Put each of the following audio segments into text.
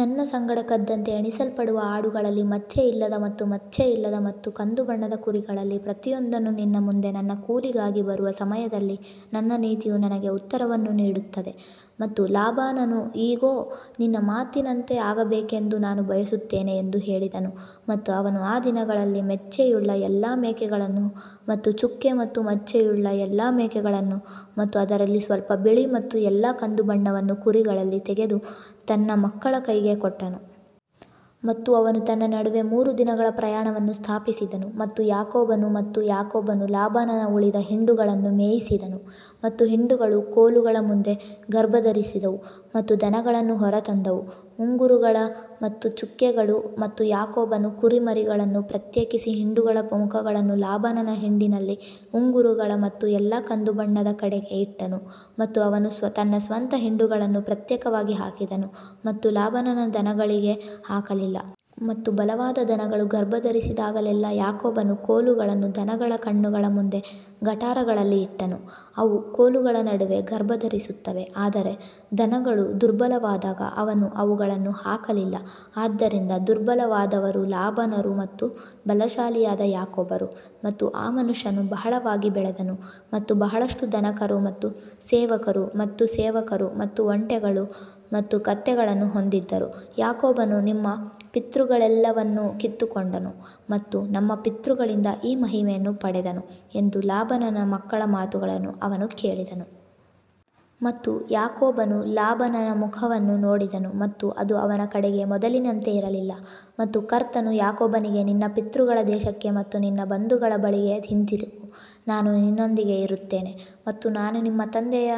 ನನ್ನ ಸಂಗಡ ಕದ್ದಂತೆ ಎಣಿಸಲ್ಪಡುವ ಆಡುಗಳಲ್ಲಿ ಮಚ್ಚೆಯಿಲ್ಲದ ಮತ್ತು ಮಚ್ಚೆಯಿಲ್ಲದ ಮತ್ತು ಕಂದುಬಣ್ಣದ ಕುರಿಗಳಲ್ಲಿ ಪ್ರತಿಯೊಂದನ್ನು ನಿನ್ನ ಮುಂದೆ ನನ್ನ ಕೂಲಿಗಾಗಿ ಬರುವ ಸಮಯದಲ್ಲಿ ನನ್ನ ನೀತಿಯು ನನಗೆ ಉತ್ತರವನ್ನು ನೀಡುತ್ತದೆ. ಮತ್ತು ಲಾಬಾನನು ಇಗೋ, ನಿನ್ನ ಮಾತಿನಂತೆ ಆಗಬೇಕೆಂದು ನಾನು ಬಯಸುತ್ತೇನೆ ಎಂದು ಹೇಳಿದನು ಮತ್ತು ಅವನು ಆ ದಿನದಲ್ಲಿ ಮಚ್ಚೆಯುಳ್ಳ ಎಲ್ಲಾ ಮೇಕೆಗಳನ್ನು ಮತ್ತು ಚುಕ್ಕೆ ಮತ್ತು ಮಚ್ಚೆಯುಳ್ಳ ಎಲ್ಲಾ ಮೇಕೆಗಳನ್ನು ಮತ್ತು ಅದರಲ್ಲಿ ಸ್ವಲ್ಪ ಬಿಳಿ ಮತ್ತು ಎಲ್ಲಾ ಕಂದುಬಣ್ಣವನ್ನು ಕುರಿಗಳಲ್ಲಿ ತೆಗೆದು ತನ್ನ ಮಕ್ಕಳ ಕೈಗೆ ಕೊಟ್ಟನು. ಮತ್ತು ಅವನು ತನ್ನ ನಡುವೆ ಮೂರು ದಿನಗಳ ಪ್ರಯಾಣವನ್ನು ಸ್ಥಾಪಿಸಿದನು ಮತ್ತು ಯಾಕೋಬನು ಮತ್ತು ಯಾಕೋಬನು ಲಾಬಾನನ ಉಳಿದ ಹಿಂಡುಗಳನ್ನು ಮೇಯಿಸಿದನು. ಮತ್ತು ಹಿಂಡುಗಳು ಕೋಲುಗಳ ಮುಂದೆ ಗರ್ಭಧರಿಸಿದವು ಮತ್ತು ದನಗಳನ್ನು ಹೊರತಂದವು ಉಂಗುರಗಳು ಮತ್ತು ಚುಕ್ಕೆಗಳು ಮತ್ತು ಯಾಕೋಬನು ಕುರಿಮರಿಗಳನ್ನು ಪ್ರತ್ಯೇಕಿಸಿ ಹಿಂಡುಗಳ ಮುಖಗಳನ್ನು ಲಾಬಾನನ ಹಿಂಡಿನಲ್ಲಿ ಉಂಗುರಗಳು ಮತ್ತು ಎಲ್ಲಾ ಕಂದುಬಣ್ಣದ ಕಡೆಗೆ ಇಟ್ಟನು ಮತ್ತು ಅವನು ತನ್ನ ಸ್ವಂತ ಹಿಂಡುಗಳನ್ನು ಪ್ರತ್ಯೇಕವಾಗಿ ಹಾಕಿದನು ಮತ್ತು ಲಾಬಾನನ ದನಗಳಿಗೆ ಹಾಕಲಿಲ್ಲ. ಮತ್ತು ಬಲವಾದ ದನಗಳು ಗರ್ಭಧರಿಸಿದಾಗಲೆಲ್ಲಾ ಯಾಕೋಬನು ಕೋಲುಗಳನ್ನು ದನಗಳ ಕಣ್ಣುಗಳ ಮುಂದೆ ಗಟಾರಗಳಲ್ಲಿ ಇಟ್ಟನು, ಅವು ಕೋಲುಗಳ ನಡುವೆ ಗರ್ಭಧರಿಸುತ್ತವೆ. ಆದರೆ ದನಗಳು ದುರ್ಬಲವಾದಾಗ ಅವನು ಅವುಗಳನ್ನು ಹಾಕಲಿಲ್ಲ, ಆದ್ದರಿಂದ ದುರ್ಬಲವಾದವರು ಲಾಬಾನರು ಮತ್ತು ಬಲಶಾಲಿಯಾದ ಯಾಕೋಬರು. ಮತ್ತು ಆ ಮನುಷ್ಯನು ಬಹಳವಾಗಿ ಬೆಳೆದನು ಮತ್ತು ಬಹಳಷ್ಟು ದನಕರು ಮತ್ತು ಸೇವಕರು ಮತ್ತು ಸೇವಕರು ಮತ್ತು ಒಂಟೆಗಳು ಮತ್ತು ಕತ್ತೆಗಳನ್ನು ಹೊಂದಿದ್ದರು ಯಾಕೋಬನು ನಮ್ಮ ಪಿತೃಗಳೆಲ್ಲವನ್ನೂ ಕಿತ್ತುಕೊಂಡನು ಮತ್ತು ನಮ್ಮ ಪಿತೃಗಳಿಂದ ಈ ಮಹಿಮೆಯನ್ನು ಪಡೆದನು ಎಂದು ಲಾಬಾನನ ಮಕ್ಕಳ ಮಾತುಗಳನ್ನು ಅವನು ಕೇಳಿದನು. ಮತ್ತು ಯಾಕೋಬನು ಲಾಬಾನನ ಮುಖವನ್ನು ನೋಡಿದನು ಮತ್ತು ಅದು ಅವನ ಕಡೆಗೆ ಮೊದಲಿನಂತೆ ಇರಲಿಲ್ಲ ಮತ್ತು ಕರ್ತನು ಯಾಕೋಬನಿಗೆ ನಿನ್ನ ಪಿತೃಗಳ ದೇಶಕ್ಕೆ ಮತ್ತು ನಿನ್ನ ಬಂಧುಗಳ ಬಳಿಗೆ ಹಿಂತಿರುಗು, ನಾನು ನಿನ್ನೊಂದಿಗೆ ಇರುತ್ತೇನೆ. ಮತ್ತು ನಾನು ನಿಮ್ಮ ತಂದೆಯ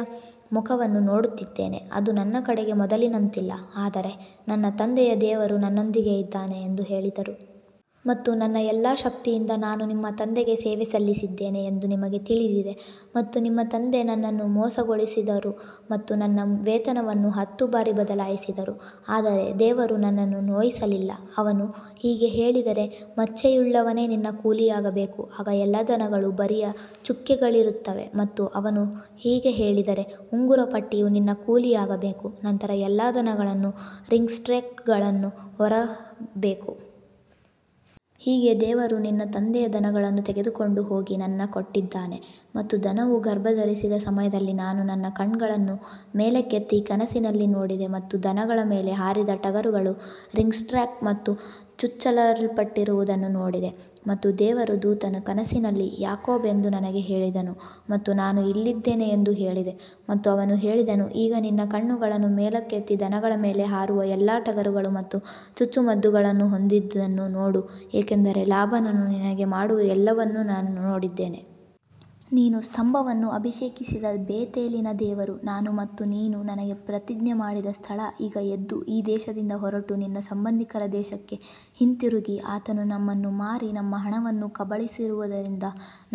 ಮುಖವನ್ನು ನೋಡುತ್ತಿದ್ದೇನೆ, ಅದು ನನ್ನ ಕಡೆಗೆ ಮೊದಲಿನಂತಿಲ್ಲ ಆದರೆ ನನ್ನ ತಂದೆಯ ದೇವರು ನನ್ನೊಂದಿಗೆ ಇದ್ದಾನೆ ಎಂದು ಹೇಳಿದರು. ಮತ್ತು ನನ್ನ ಎಲ್ಲಾ ಶಕ್ತಿಯಿಂದ ನಾನು ನಿಮ್ಮ ತಂದೆಗೆ ಸೇವೆ ಸಲ್ಲಿಸಿದ್ದೇನೆ ಎಂದು ನಿಮಗೆ ತಿಳಿದಿದೆ ಮತ್ತು ನಿಮ್ಮ ತಂದೆ ನನ್ನನ್ನು ಮೋಸಗೊಳಿಸಿದರು ಮತ್ತು ನನ್ನ ವೇತನವನ್ನು ಹತ್ತು ಬಾರಿ ಬದಲಾಯಿಸಿದರು ಆದರೆ ದೇವರು ನನ್ನನ್ನು ನೋಯಿಸಲಿಲ್ಲ ಅವನು ಹೀಗೆ ಹೇಳಿದರೆ ಮಚ್ಚೆಯುಳ್ಳವನೇ ನಿನ್ನ ಕೂಲಿಯಾಗಬೇಕು, ಆಗ ಎಲ್ಲಾ ದನಗಳು ಬರಿಯ ಚುಕ್ಕೆಗಳಿರುತ್ತವೆ ಮತ್ತು ಅವನು ಹೀಗೆ ಹೇಳಿದರೆ ಉಂಗುರ ಪಟ್ಟಿಯು ನಿನ್ನ ಕೂಲಿಯಾಗಬೇಕು, ನಂತರ ಎಲ್ಲಾ ದನಗಳನ್ನು ರಿಂಗ್ಸ್ಟ್ರೇಕ್ಗಳನ್ನು ಹೊರಬೇಕು. ಹೀಗೆ ದೇವರು ನಿನ್ನ ತಂದೆಯ ದನಗಳನ್ನು ತೆಗೆದುಕೊಂಡು ಹೋಗಿ ನನಗೆ ಕೊಟ್ಟಿದ್ದಾನೆ ಮತ್ತು ದನವು ಗರ್ಭಧರಿಸಿದ ಸಮಯದಲ್ಲಿ ನಾನು ನನ್ನ ಕಣ್ಣುಗಳನ್ನು ಮೇಲಕ್ಕೆತ್ತಿ ಕನಸಿನಲ್ಲಿ ನೋಡಿದೆ ಮತ್ತು ದನಗಳ ಮೇಲೆ ಹಾರಿದ ಟಗರುಗಳು ರಿಂಗ್ಸ್ಟ್ರ್ಯಾಕ್ ಮತ್ತು ಚುಚ್ಚಲ್ಪಟ್ಟಿರುವುದನ್ನು ನೋಡಿದೆ. ಮತ್ತು ದೇವರ ದೂತನು ಕನಸಿನಲ್ಲಿ ಯಾಕೋಬ್ ಎಂದು ನನಗೆ ಹೇಳಿದನು ಮತ್ತು ನಾನು ಇಲ್ಲಿದ್ದೇನೆ ಎಂದು ಹೇಳಿದೆ ಮತ್ತು ಅವನು ಹೇಳಿದನು, ಈಗ ನಿನ್ನ ಕಣ್ಣುಗಳನ್ನು ಮೇಲಕ್ಕೆತ್ತಿ ದನಗಳ ಮೇಲೆ ಹಾರುವ ಎಲ್ಲಾ ಟಗರುಗಳು ಮತ್ತು ಚುಚ್ಚುಮದ್ದುಗಳನ್ನು ಹೊಂದಿದ್ದುದನ್ನು ನೋಡು ಏಕೆಂದರೆ ಲಾಬಾನನು ನಿನಗೆ ಮಾಡುವ ಎಲ್ಲವನ್ನೂ ನಾನು ನೋಡಿದ್ದೇನೆ. ನೀನು ಸ್ತಂಭವನ್ನು ಅಭಿಷೇಕಿಸಿದ ಬೇತೇಲಿನ ದೇವರು ನಾನು ಮತ್ತು ನೀನು ನನಗೆ ಪ್ರತಿಜ್ಞೆ ಮಾಡಿದ ಸ್ಥಳ ಈಗ ಎದ್ದು ಈ ದೇಶದಿಂದ ಹೊರಟು ನಿನ್ನ ಸಂಬಂಧಿಕರ ದೇಶಕ್ಕೆ ಹಿಂತಿರುಗಿ ಆತನು ನಮ್ಮನ್ನು ಮಾರಿ ನಮ್ಮ ಹಣವನ್ನು ಕಬಳಿಸಿರುವದರಿಂದ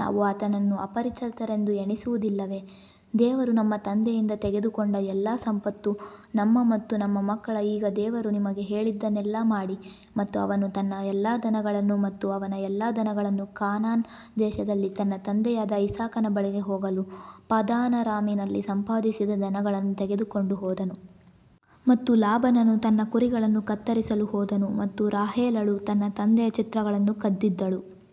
ನಾವು ಆತನನ್ನು ಅಪರಿಚಿತರೆಂದು ಎಣಿಸುವುದಿಲ್ಲವೇ? ದೇವರು ನಮ್ಮ ತಂದೆಯಿಂದ ತೆಗೆದುಕೊಂಡ ಎಲ್ಲಾ ಸಂಪತ್ತು ನಮ್ಮ ಮತ್ತು ನಮ್ಮ ಮಕ್ಕಳು ಈಗ ದೇವರು ನಿಮಗೆ ಹೇಳಿದ್ದನ್ನೆಲ್ಲಾ ಮಾಡಿ ಮತ್ತು ಅವನು ತನ್ನ ಎಲ್ಲಾ ದನಗಳನ್ನು ಮತ್ತು ಅವನ ಎಲ್ಲಾ ದನಗಳನ್ನು ಕಾನಾನ್ ದೇಶದಲ್ಲಿ ತನ್ನ ತಂದೆಯಾದ ಇಸಾಕನ ಬಳಿಗೆ ಹೋಗಲು ಪದಾನರಾಮಿನಲ್ಲಿ ಸಂಪಾದಿಸಿದ ದನಗಳನ್ನು ತೆಗೆದುಕೊಂಡು ಹೋದನು. ಮತ್ತು ಲಾಬಾನನು ತನ್ನ ಕುರಿಗಳನ್ನು ಕತ್ತರಿಸಲು ಹೋದನು ಮತ್ತು ರಾಹೇಲಳು ತನ್ನ ತಂದೆಯ ಚಿತ್ರಗಳನ್ನು ಕದ್ದಿದ್ದಳು.